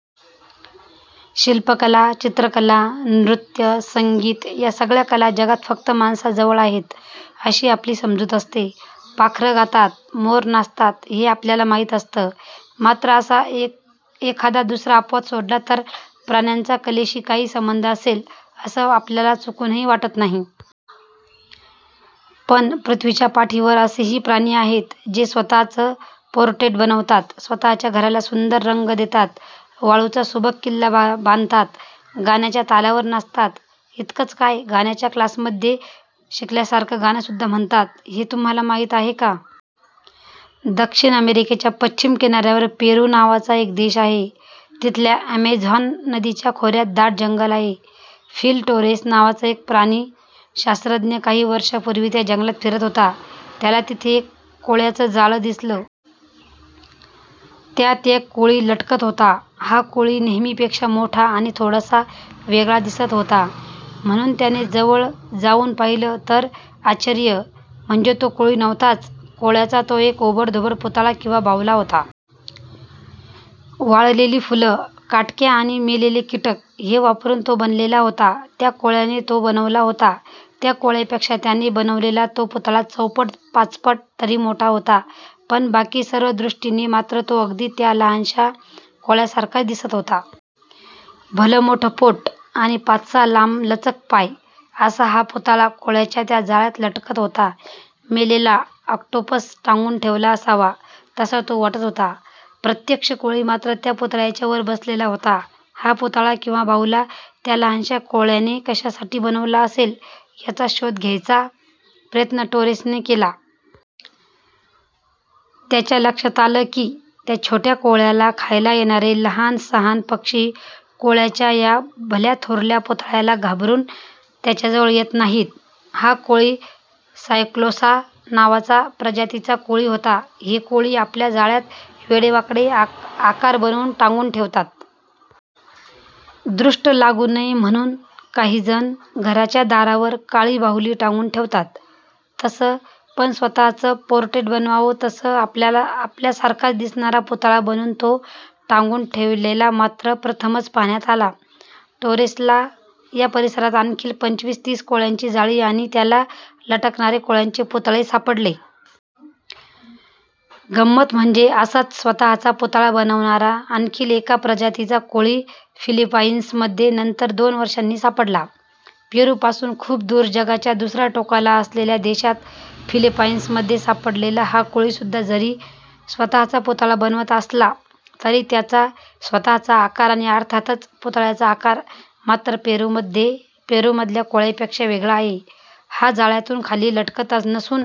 शिल्पकला, चित्रकला, नृत्य, संगीत या सगळ्या कला जगात फक्त माणसाजवळ आहेत अशी आपली समजूत असते. पाखरं गातात, मोर नाचतात हे आपल्याला माहीत असतं. मात्र असा एखाददुसरा अपवाद सोडला तर प्राण्यांचा कलेशी काही संबंध असेल असं आपल्याला चुकूनही वाटत नाही. पण पृथ्वीच्या पाठीवर असेही प्राणी आहेत, जे स्वतःचं पोर्ट्रेट बनवतात, स्वतःच्या घराला सुंदर रंग देतात, वाळूचा सुबक किल्ला बांधतात, गाण्याच्या तालावर नाचतात, इतकंच काय, गाण्याच्या क्लासमध्ये शिकल्यासारखं गाणंसुद्धा म्हणतात, हे तुम्हांला माहीत आहे का? दक्षिण अमेरिकेच्या पश्चिम किनाऱ्यावर पेरू नावाचा एक देश आहे. तिथल्या अॅमेझॉन नदीच्या खोऱ्यात दाट जंगल आहे. फिल टोरेस नावाचा एक प्राणिशास्त्रज्ञ काही वर्षांपूर्वी त्या जंगलात फिरत होता. त्याला तिथे एक कोळ्याचं जाळं दिसलं. त्यात एक कोळी लटकत होता. हा कोळी नेहमीपेक्षा मोठा आणि थोडासा वेगळा दिसत होता, म्हणून त्याने जवळ जाऊन पाहिलं तर आश्चर्य म्हणजे तो कोळी नव्हताच. कोळ्याचा तो एक ओबडधोबड पुतळा किंवा बाहुला होता. वाळलेली फुलं, काटक्या आणि मेलेले कीटक हे वापरून तो बनवलेला होता. ज्या कोळ्याने तो बनवला होता, त्या कोळ्यापेक्षा त्याने बनवलेला तो पुतळा चौपट-पाचपट तरी मोठा होता. पण बाकी सर्व दृष्टींनी मात्र तो अगदी त्या लहानशा कोळ्यासारखाच दिसत होता. भलंमोठं पोट आणि पाचसहा लांबलचक पाय, असा हा पुतळा कोळ्याच्या त्या जाळ्यात लटकत होता. मेलेला ऑक्टोपस टांगून ठेवला असावा, तसा तो वाटत होता. प्रत्यक्ष कोळी मात्र त्या पुतळ्याच्या वर बसलेला होता. हा पुतळा किंवा बाहुला त्या लहानशा कोळ्याने कशासाठी बनवला असेल याचा शोध घ्यायचा प्रयत्न टोरेसनं केला. त्याच्या लक्षात आलं की, त्या छोट्या कोळ्याला खायला येणारे लहान-सहान पक्षी कोळ्याच्या या भल्याथोरल्या पुतळ्याला घाबरून त्याच्याजवळ येत नाहीत. हा कोळी सायक्लोसा नावाच्या प्रजातीचा कोळी होता. हे कोळी आपल्या जाळ्यात वेडेवाकडे आकार बनवून टांगून ठेवतात. दृष्ट लागू नये म्हणून काहीजण घराच्या दारावर काळी बाहुली टांगून ठेवतात, तसं! पण स्वतःचं पोर्ट्रेट बनवावं तसं आपल्यासारखाच दिसणारा पुतळा बनवून तो टांगून ठेवलेला मात्र प्रथमच पाहण्यात आला. टोरेसला या परिसरात आणखी पंचवीस-तीस कोळ्यांची जाळी आणि त्याला लटकणारे कोळ्यांचे पुतळे सापडले. गंमत म्हणजे असाच स्वतःचा पुतळा बनवणारा आणखी एका प्रजातीचा कोळी फिलिपाइन्समध्ये नंतर दोन वर्षांनी सापडला. पेरूपासून खूप दूर, जगाच्या दुसर्या टोकाला असलेल्या देशात. फिलिपाइन्समध्ये सापडलेला हा कोळीसुद्धा जरी स्वतःचा पुतळा बनवत असला तरी त्याचा स्वतःचा आकार आणि अर्थातच पुतळ्याचा आकार मात्र पेरूमधल्या कोळ्यापेक्षा वेगळा आहे. हा जाळ्यातून खाली लटकत नसून